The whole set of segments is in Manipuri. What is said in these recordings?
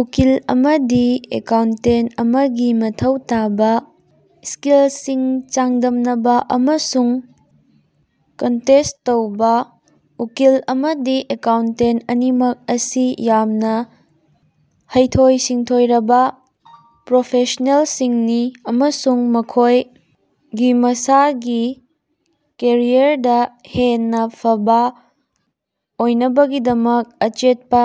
ꯎꯀꯤꯜ ꯑꯃꯥꯗꯤ ꯑꯦꯀꯥꯎꯟꯇꯦꯟꯇ ꯑꯃꯥꯒꯤ ꯃꯊꯧ ꯇꯥꯕ ꯁ꯭ꯀꯤꯜꯁꯤꯡ ꯆꯥꯡꯗꯝꯅꯕ ꯑꯃꯁꯨꯡ ꯀꯟꯠꯔꯁ꯭ꯠ ꯇꯧꯕ꯫ ꯎꯀꯤꯜ ꯑꯃꯥꯗꯤ ꯑꯦꯀꯥꯎꯟꯇꯦꯟꯇ ꯑꯅꯤꯃꯛ ꯑꯁꯤ ꯌꯥꯝꯅ ꯍꯩꯊꯣꯏ-ꯁꯤꯡꯊꯣꯏꯔꯕ ꯄ꯭ꯔꯣꯐꯦꯁ꯭ꯅꯦꯜꯁꯤꯡꯅꯤ ꯑꯃꯁꯨꯡ ꯃꯈꯣꯏꯒꯤ ꯃꯁꯥꯒꯤ ꯀꯦꯔꯤꯌꯔꯗ ꯍꯦꯟꯅꯥ ꯐꯕꯥ ꯑꯣꯏꯅꯕꯒꯤꯗꯃꯛ ꯑꯆꯦꯠꯄꯥ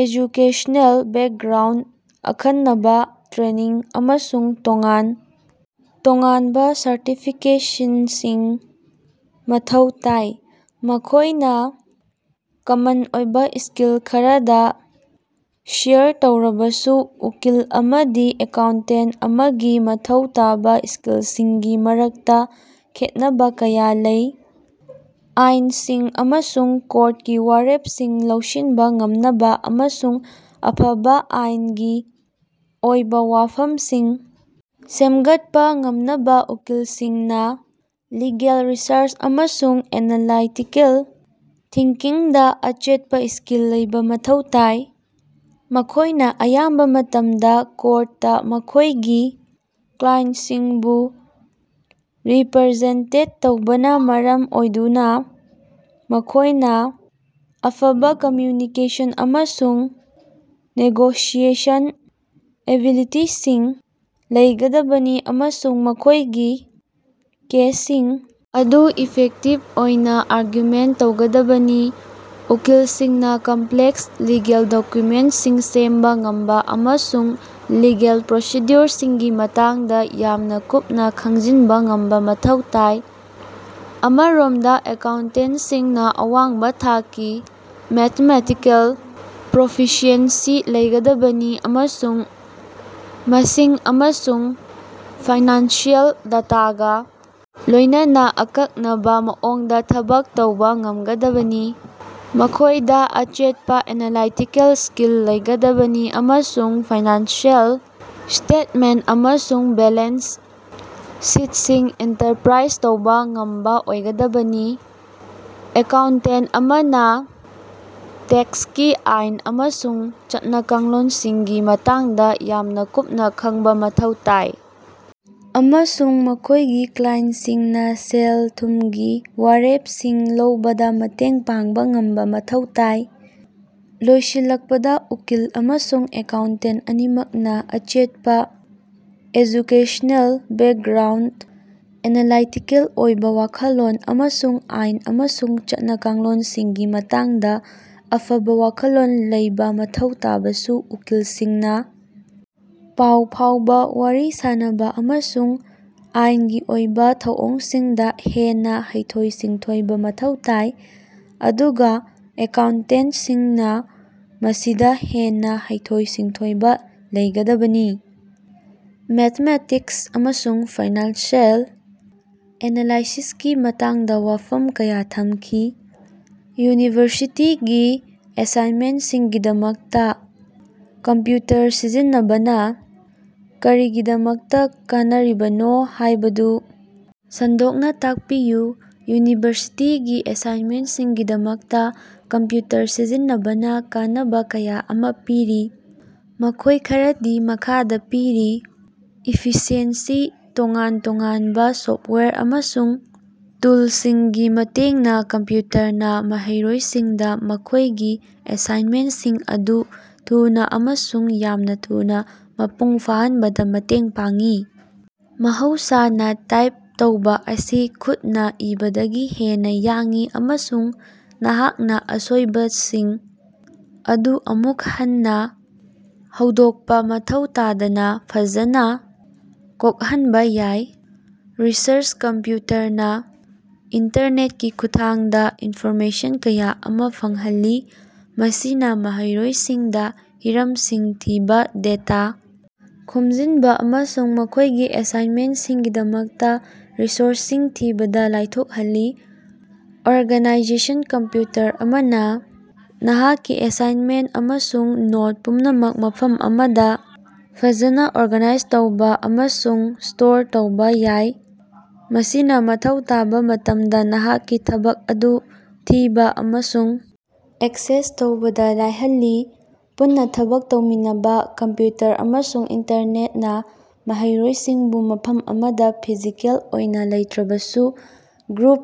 ꯑꯦꯖꯨꯀꯦꯁꯅꯦꯜ ꯕꯦꯀꯒ꯭ꯔꯥꯎꯟꯗ, ꯑꯈꯟꯅꯕꯥ ꯇ꯭ꯔꯦꯅꯤꯡ, ꯑꯃꯁꯨꯡ ꯇꯣꯉꯥꯟ ꯇꯣꯉꯥꯟꯕ ꯁꯔꯇꯤꯐꯤꯀꯦꯁꯟꯁꯤꯡ ꯃꯊꯧ ꯇꯥꯏ꯫ ꯃꯈꯣꯏꯅ ꯀꯃꯟ ꯑꯣꯏꯕ ꯁ꯭ꯀꯤꯜ ꯈꯔꯗꯥ ꯁꯦꯌꯔ ꯇꯧꯔꯕꯁꯨ, ꯎꯀꯤꯜ ꯑꯃꯥꯗꯤ ꯑꯦꯀꯥꯎꯟꯇꯦꯟꯇ ꯑꯃꯥꯒꯤ ꯃꯊꯧ ꯇꯥꯕ ꯁ꯭ꯀꯤꯜꯁꯤꯡꯒꯤ ꯃꯔꯛꯇꯥ ꯈꯦꯠꯅꯕꯥ ꯀꯌꯥ ꯂꯩ꯫ ꯑꯥꯏꯅꯁꯤꯡ ꯑꯃꯁꯨꯡ ꯀꯣꯔꯇꯀꯤ ꯋꯥꯔꯦꯞꯁꯤꯡ ꯂꯧꯁꯤꯟꯕ ꯉꯝꯅꯕ, ꯑꯃꯁꯨꯡ ꯑꯐꯕ ꯑꯥꯏꯅꯒꯤ ꯑꯣꯏꯕ ꯋꯥꯐꯝꯁꯤꯡ ꯁꯦꯝꯒꯠꯄꯥ ꯉꯝꯅꯕ ꯎꯀꯤꯜꯁꯤꯡꯅꯥ ꯂꯤꯒꯦꯜ ꯔꯤꯁꯔꯆ ꯑꯃꯁꯨꯡ ꯑꯦꯅꯥꯂꯥꯏꯇꯤꯀꯦꯜ ꯊꯤꯡꯀꯤꯡꯗꯥ ꯑꯆꯦꯠꯄꯥ ꯁ꯭ꯀꯤꯜ ꯂꯩꯕ ꯃꯊꯧ ꯇꯥꯏ꯫ ꯃꯈꯣꯏꯅ ꯑꯌꯥꯝꯕ ꯃꯇꯝꯗꯥ ꯀꯣꯔꯠꯇꯥ ꯃꯈꯣꯏꯒꯤ ꯀ꯭ꯂꯥꯏꯁꯤꯡꯕꯨ ꯔꯤꯞꯔꯖꯦꯟꯇꯦꯠ ꯇꯧꯕꯅ ꯃꯔꯝ ꯑꯣꯏꯗꯨꯅ ꯃꯈꯣꯏꯅ ꯑꯐꯕ ꯀꯝꯝꯌꯨꯅꯤꯀꯦꯁꯟ ꯑꯃꯁꯨꯡ ꯅꯦꯒꯣꯁꯤꯑꯦꯁꯟ ꯑꯦꯕꯤꯂꯤꯇꯤꯁꯤꯡ ꯂꯩꯒꯗꯕꯅꯤ ꯑꯃꯁꯨꯡ ꯃꯈꯣꯏꯒꯤ ꯀꯦꯁꯁꯤꯡ ꯑꯗꯨ ꯏꯐꯦꯛꯇꯤꯚ ꯑꯣꯏꯅ ꯑꯥꯔꯒꯨꯃꯦꯟꯇ ꯇꯧꯒꯗꯕꯅꯤ꯫ ꯎꯀꯤꯜꯁꯤꯡꯅ ꯀꯝꯞꯂꯦꯛꯁ ꯂꯤꯒꯦꯜ ꯗꯣꯛꯌꯨꯃꯦꯟꯠꯁꯤꯡ ꯁꯦꯝꯕ ꯉꯝꯕ ꯑꯃꯁꯨꯡ ꯂꯤꯒꯦꯜ ꯄ꯭ꯔꯣꯁꯤꯗ꯭ꯌꯨꯑꯣꯔꯁꯤꯡꯒꯤ ꯃꯇꯥꯡꯗ ꯌꯥꯝꯅ ꯀꯨꯞꯅꯥ ꯈꯪꯖꯤꯟꯕ ꯉꯝꯕ ꯃꯊꯧ ꯇꯥꯏ꯫ ꯑꯃꯔꯣꯝꯗꯥ ꯑꯦꯀꯥꯎꯟꯇꯦꯟꯇꯁꯤꯡꯅꯥ ꯑꯋꯥꯡꯕ ꯊꯥꯛꯀꯤ ꯃꯦꯊꯃꯦꯇꯤꯀꯦꯜ ꯄ꯭ꯔꯣꯐꯤꯁꯤꯑꯦꯟꯁꯤ ꯂꯩꯒꯗꯕꯅꯤ ꯑꯃꯁꯨꯡ ꯃꯁꯤꯡ ꯑꯃꯁꯨꯡ ꯐꯥꯏꯅꯥꯟꯁꯤꯑꯦꯜ ꯗꯦꯇꯥꯒꯥ ꯂꯣꯏꯅꯅꯥ ꯑꯀꯛꯅꯕ ꯃꯑꯣꯡꯗ ꯊꯕꯛ ꯇꯧꯕꯥ ꯉꯝꯒꯗꯕꯅꯤ꯫ ꯃꯈꯣꯏꯗ ꯑꯆꯦꯠꯄꯥ ꯑꯦꯅꯥꯂꯥꯏꯇꯤꯀꯦꯜ ꯁ꯭ꯀꯤꯜ ꯂꯩꯒꯗꯕꯅꯤ ꯑꯃꯁꯨꯡ ꯐꯥꯏꯅꯥꯟꯁꯤꯑꯦꯜ ꯁ꯭ꯇꯦꯇꯃꯦꯟꯇ ꯑꯃꯁꯨꯡ ꯕꯦꯂꯦꯟꯁ ꯁꯤꯠꯁꯤꯡ ꯏꯟꯇꯔꯞꯔꯥꯏꯖ ꯇꯧꯕ ꯉꯝꯕꯥ ꯑꯣꯏꯒꯗꯕꯅꯤ꯫ ꯑꯦꯀꯥꯎꯟꯇꯦꯟꯇ ꯑꯃꯅꯥ ꯇꯦꯛꯁꯀꯤ ꯑꯥꯏꯟ ꯑꯃꯁꯨꯡ ꯆꯠꯅ-ꯀꯥꯡꯂꯣꯟꯁꯤꯡꯒꯤ ꯃꯇꯥꯡꯗ ꯌꯥꯝꯅ ꯀꯨꯞꯅ ꯈꯪꯕꯥ ꯃꯊꯧ ꯇꯥꯏ, ꯑꯃꯁꯨꯡ ꯃꯈꯣꯏꯒꯤ ꯀ꯭ꯂꯥꯏꯟꯇꯁꯤꯡꯅꯥ ꯁꯦꯜ-ꯊꯨꯝꯒꯤ ꯋꯥꯔꯦꯞꯁꯤꯡ ꯂꯧꯕꯗꯥ ꯃꯇꯦꯡ ꯄꯥꯡꯕ ꯉꯝꯕ ꯃꯊꯧ ꯇꯥꯏ꯫ ꯂꯣꯏꯁꯤꯜꯂꯛꯄꯗꯥ, ꯎꯀꯤꯜ ꯑꯃꯁꯨꯡ ꯑꯦꯀꯥꯎꯟꯇꯦꯟꯇ ꯑꯅꯤꯃꯛꯅ ꯑꯆꯦꯠꯄꯥ ꯑꯦꯖꯨꯀꯦꯁꯅꯦꯜ ꯕꯦꯀꯒ꯭ꯔꯥꯎꯟꯗ, ꯑꯦꯅꯥꯂꯥꯏꯇꯤꯀꯦꯜ ꯑꯣꯏꯕꯥ ꯋꯥꯈꯜꯂꯣꯟ, ꯑꯃꯁꯨꯡ ꯑꯥꯏꯟ ꯑꯃꯁꯨꯡ ꯆꯠꯅ-ꯀꯥꯡꯂꯣꯟꯁꯤꯡꯒꯤ ꯃꯇꯥꯡꯗ ꯑꯐꯕ ꯋꯥꯈꯜꯂꯣꯟ ꯂꯩꯕ ꯃꯊꯧ ꯇꯥꯕꯁꯨ, ꯎꯀꯤꯜꯁꯤꯡꯅꯥ ꯄꯥꯎ ꯐꯥꯎꯕꯥ, ꯋꯥꯔꯤ ꯁꯥꯅꯕꯥ, ꯑꯃꯁꯨꯡ ꯑꯥꯏꯟꯒꯤ ꯑꯣꯏꯕ ꯊꯧꯑꯣꯡꯁꯤꯡꯗꯥ ꯍꯦꯟꯅꯥ ꯍꯩꯊꯣꯏ-ꯁꯤꯡꯊꯣꯏꯕ ꯃꯊꯧ ꯇꯥꯏ, ꯑꯗꯨꯒꯥ ꯑꯦꯀꯥꯎꯟꯇꯦꯟꯇꯁꯤꯡꯅꯥ ꯃꯁꯤꯗꯥ ꯍꯦꯟꯅꯥ ꯍꯩꯊꯣꯏ-ꯁꯤꯡꯊꯣꯏꯕ ꯂꯩꯒꯗꯕꯅꯤ꯫ ꯃꯦꯊꯃꯦꯇꯤꯛꯁ ꯑꯃꯁꯨꯡ ꯐꯥꯏꯅꯥꯟꯁꯤꯑꯦꯜ ꯑꯦꯅꯥꯂꯥꯏꯁꯤꯁꯀꯤ ꯃꯇꯥꯡꯗ ꯋꯥꯐꯝ ꯀꯌꯥ ꯊꯝꯈꯤ꯫ ꯌꯨꯅꯤꯚꯔꯁꯤꯇꯤꯒꯤ ꯑꯦꯁꯥꯏꯅꯃꯦꯟꯠꯁꯤꯡꯒꯤꯗꯃꯛꯇꯥ ꯀꯝꯞꯌꯨꯇꯔ ꯁꯤꯖꯤꯟꯅꯕꯅ ꯀꯔꯤꯒꯤꯗꯃꯛꯇꯥ ꯀꯥꯟꯅꯔꯤꯕꯅꯣ ꯍꯥꯏꯕꯗꯨ ꯁꯟꯗꯣꯛꯅꯥ ꯇꯥꯛꯄꯤꯌꯨ꯫ ꯌꯨꯅꯤꯚꯔꯁꯤꯇꯤꯒꯤ ꯑꯦꯁꯥꯏꯅꯃꯦꯟꯠꯁꯤꯡꯒꯤꯗꯃꯛꯇꯥ ꯀꯝꯞꯌꯨꯇꯔ ꯁꯤꯖꯤꯟꯅꯕꯅ ꯀꯥꯟꯅꯕ ꯀꯌꯥ ꯑꯃꯥ ꯄꯤꯔꯤ꯫ ꯃꯈꯣꯏ ꯈꯔꯗꯤ ꯃꯈꯥꯗꯥ ꯄꯤꯔꯤ ꯏꯐꯤꯁꯤꯑꯦꯟꯁꯤ ꯇꯣꯉꯥꯟ-ꯇꯣꯉꯥꯟꯕ ꯁꯣꯐꯇꯋꯥꯌꯔ ꯑꯃꯁꯨꯡ ꯇꯨꯂꯁꯤꯡꯒꯤ ꯃꯇꯦꯡꯅꯥ ꯀꯝꯞꯌꯨꯇꯔꯅꯥ ꯃꯍꯩꯔꯣꯏꯁꯤꯡꯗꯥ ꯃꯈꯣꯏꯒꯤ ꯑꯦꯁꯥꯏꯅꯃꯦꯟꯠꯁꯤꯡ ꯑꯗꯨ ꯊꯨꯅꯥ ꯑꯃꯁꯨꯡ ꯌꯥꯝꯅ ꯊꯨꯅꯥ ꯃꯄꯨꯡ ꯐꯥꯍꯟꯕꯗ ꯃꯇꯦꯡ ꯄꯥꯡꯏ꯫ ꯃꯍꯧꯁꯥꯅꯥ ꯇꯥꯏꯞ ꯇꯧꯕ ꯑꯁꯤ ꯈꯨꯠꯅꯥ ꯏꯕꯗꯒꯤ ꯍꯦꯟꯅꯥ ꯌꯥꯡꯏ, ꯑꯃꯁꯨꯡ ꯅꯍꯥꯛꯅꯥ ꯑꯁꯣꯏꯕꯁꯤꯡ ꯑꯗꯨ ꯑꯃꯨꯛ ꯍꯟꯅꯥ ꯍꯧꯗꯣꯛꯄꯥ ꯃꯊꯧ ꯇꯥꯗꯅ ꯐꯖꯅ ꯀꯣꯛꯍꯟꯕ ꯌꯥꯏ꯫ ꯔꯤꯁꯔꯆ ꯀꯝꯞꯌꯨꯇꯔꯅꯥ ꯏꯟꯇꯔꯅꯦꯠꯀꯤ ꯈꯨꯠꯊꯥꯡꯗ ꯏꯟꯐꯣꯔꯃꯦꯁꯟ ꯀꯌꯥ ꯑꯃꯥ ꯐꯪꯍꯜꯂꯤ꯫ ꯃꯁꯤꯅꯥ ꯃꯍꯩꯔꯣꯏꯁꯤꯡꯗꯥ ꯍꯤꯔꯝꯁꯤꯡ ꯊꯤꯕ, ꯗꯦꯇꯥ ꯈꯣꯝꯖꯤꯟꯕ ꯑꯃꯁꯨꯡ ꯃꯈꯣꯏꯒꯤ ꯑꯦꯁꯥꯏꯅꯃꯦꯟꯠꯁꯤꯡꯒꯤꯗꯃꯛꯇꯥ ꯔꯤꯁꯣꯔꯁꯁꯤꯡ ꯊꯤꯕꯗ ꯂꯥꯏꯊꯣꯛꯍꯜꯂꯤ꯫ ꯑꯣꯔꯒꯥꯅꯥꯏꯖꯦꯁꯟ ꯀꯝꯞꯌꯨꯇꯔ ꯑꯃꯅꯥ ꯅꯍꯥꯛꯀꯤ ꯑꯦꯁꯥꯏꯅꯃꯦꯟꯠ ꯑꯃꯁꯨꯡ ꯅꯣꯠ ꯄꯨꯝꯅꯃꯛ ꯃꯐꯝ ꯑꯃꯗ ꯐꯖꯅ ꯑꯣꯔꯒꯥꯅꯥꯏꯖ ꯇꯧꯕ ꯑꯃꯁꯨꯡ ꯁ꯭ꯇꯣꯔ ꯇꯧꯕ ꯌꯥꯏ꯫ ꯃꯁꯤꯅ ꯃꯊꯧ ꯇꯥꯕ ꯃꯇꯝꯗ ꯅꯍꯥꯛꯀꯤ ꯊꯕꯛ ꯑꯗꯨ ꯊꯤꯕ ꯑꯃꯁꯨꯡ ꯑꯦꯛꯁꯦꯁ ꯇꯧꯕꯗ ꯂꯥꯏꯍꯜꯂꯤ꯫ ꯄꯨꯟꯅꯥ ꯊꯕꯛ ꯇꯧꯃꯤꯟꯅꯕꯥ ꯀꯝꯞꯌꯨꯇꯔ ꯑꯃꯁꯨꯡ ꯏꯟꯇꯔꯅꯦꯇꯅꯥ ꯃꯍꯩꯔꯣꯏꯁꯤꯡꯕꯨ ꯃꯐꯝ ꯑꯃꯗ ꯐꯤꯖꯤꯀꯦꯜ ꯑꯣꯏꯅ ꯂꯩꯇ꯭ꯔꯕꯁꯨ ꯒ꯭ꯔꯨꯞ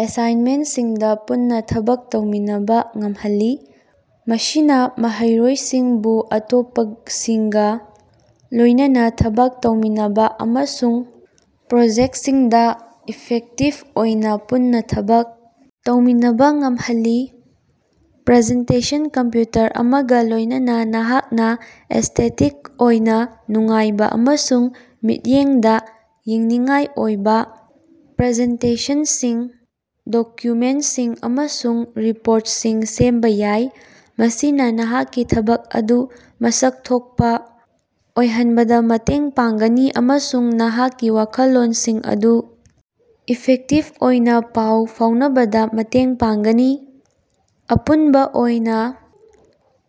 ꯑꯦꯁꯥꯏꯅꯃꯦꯟꯠꯁꯤꯡꯗ ꯄꯨꯟꯅ ꯊꯕꯛ ꯇꯧꯃꯤꯟꯅꯕ ꯉꯝꯍꯜꯂꯤ꯫ ꯃꯁꯤꯅ ꯃꯍꯩꯔꯣꯏꯁꯤꯡꯕꯨ ꯑꯇꯣꯞꯄꯁꯤꯡꯒ ꯂꯣꯏꯅꯅꯥ ꯊꯕꯛ ꯇꯧꯃꯤꯟꯅꯕ ꯑꯃꯁꯨꯡ ꯄ꯭ꯔꯣꯖꯦꯛꯇꯁꯤꯡꯗꯥ ꯏꯐꯦꯛꯇꯤꯚ ꯑꯣꯏꯅ ꯄꯨꯟꯅꯥ ꯊꯕꯛ ꯇꯧꯃꯤꯟꯅꯕ ꯉꯝꯍꯜꯂꯤ꯫ ꯄ꯭ꯔꯖꯦꯟꯇꯦꯁꯟ ꯀꯝꯞꯌꯨꯇꯔ ꯑꯃꯒꯥ ꯂꯣꯏꯅꯅꯥ ꯅꯍꯥꯛꯅꯥ ꯑꯦꯁ꯭ꯇꯦꯇꯤꯛ ꯑꯣꯏꯅ ꯅꯨꯡꯉꯥꯏꯕ ꯑꯃꯁꯨꯡ ꯃꯤꯠꯌꯦꯡꯗꯥ ꯌꯦꯡꯅꯤꯡꯉꯥꯏ ꯑꯣꯏꯕ ꯄ꯭ꯔꯖꯦꯟꯇꯦꯁꯟꯁꯤꯡ, ꯗꯣꯛꯌꯨꯃꯦꯟꯠꯁꯤꯡ ꯑꯃꯁꯨꯡ ꯔꯤꯄꯣꯔꯇꯁꯤꯡ ꯁꯦꯝꯕ ꯌꯥꯏ꯫ ꯃꯁꯤꯅꯥ ꯅꯍꯥꯛꯀꯤ ꯊꯕꯛ ꯑꯗꯨ ꯃꯁꯛ ꯊꯣꯛꯄꯥ ꯑꯣꯏꯍꯟꯕꯗ ꯃꯇꯦꯡ ꯄꯥꯡꯒꯅꯤ ꯑꯃꯁꯨꯡ ꯅꯍꯥꯛꯀꯤ ꯋꯥꯈꯜꯂꯣꯟꯁꯤꯡ ꯑꯗꯨ ꯏꯐꯦꯛꯇꯤꯚ ꯑꯣꯏꯅ ꯄꯥꯎ ꯐꯥꯎꯅꯕꯗꯥ ꯃꯇꯦꯡ ꯄꯥꯡꯒꯅꯤ꯫ ꯑꯄꯨꯟꯕ ꯑꯣꯏꯅ,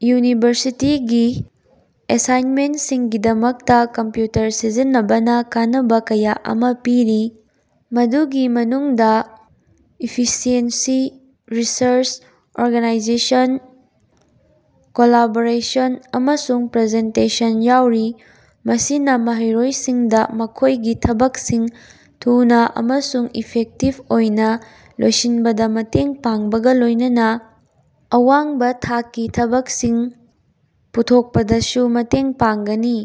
ꯌꯨꯅꯤꯚꯔꯁꯤꯇꯤꯒꯤ ꯑꯦꯁꯥꯏꯅꯃꯦꯟꯠꯁꯤꯡꯒꯤꯗꯃꯛꯇꯥ ꯀꯝꯞꯌꯨꯇꯔ ꯁꯤꯖꯤꯟꯅꯕꯅ ꯀꯥꯟꯅꯕ ꯀꯌꯥ ꯑꯃꯥ ꯄꯤꯔꯤ, ꯃꯗꯨꯒꯤ ꯃꯅꯨꯡꯗꯥ ꯏꯐꯤꯁꯤꯑꯦꯟꯁꯤ, ꯔꯤꯁꯔꯆ, ꯑꯣꯔꯒꯅꯥꯏꯖꯦꯁꯟ, ꯀꯣꯂꯥꯕꯣꯔꯦꯁꯟ, ꯑꯃꯁꯨꯡ ꯄ꯭ꯔꯖꯦꯟꯇꯦꯁꯟ ꯌꯥꯎꯔꯤ꯫ ꯃꯁꯤꯅꯥ ꯃꯍꯩꯔꯣꯏꯁꯤꯡꯗ ꯃꯈꯣꯏꯒꯤ ꯊꯕꯛꯁꯤꯡ ꯊꯨꯅꯥ ꯑꯃꯁꯨꯡ ꯏꯐꯦꯛꯇꯤꯚ ꯑꯣꯏꯅ ꯂꯣꯏꯁꯤꯟꯕꯗ ꯃꯇꯦꯡ ꯄꯥꯡꯕꯒ ꯂꯣꯏꯅꯅꯥ ꯑꯋꯥꯡꯕ ꯊꯥꯛꯀꯤ ꯊꯕꯛꯁꯤꯡ ꯄꯨꯊꯣꯛꯄꯗꯁꯨ ꯃꯇꯦꯡ ꯄꯥꯡꯒꯅꯤ꯫।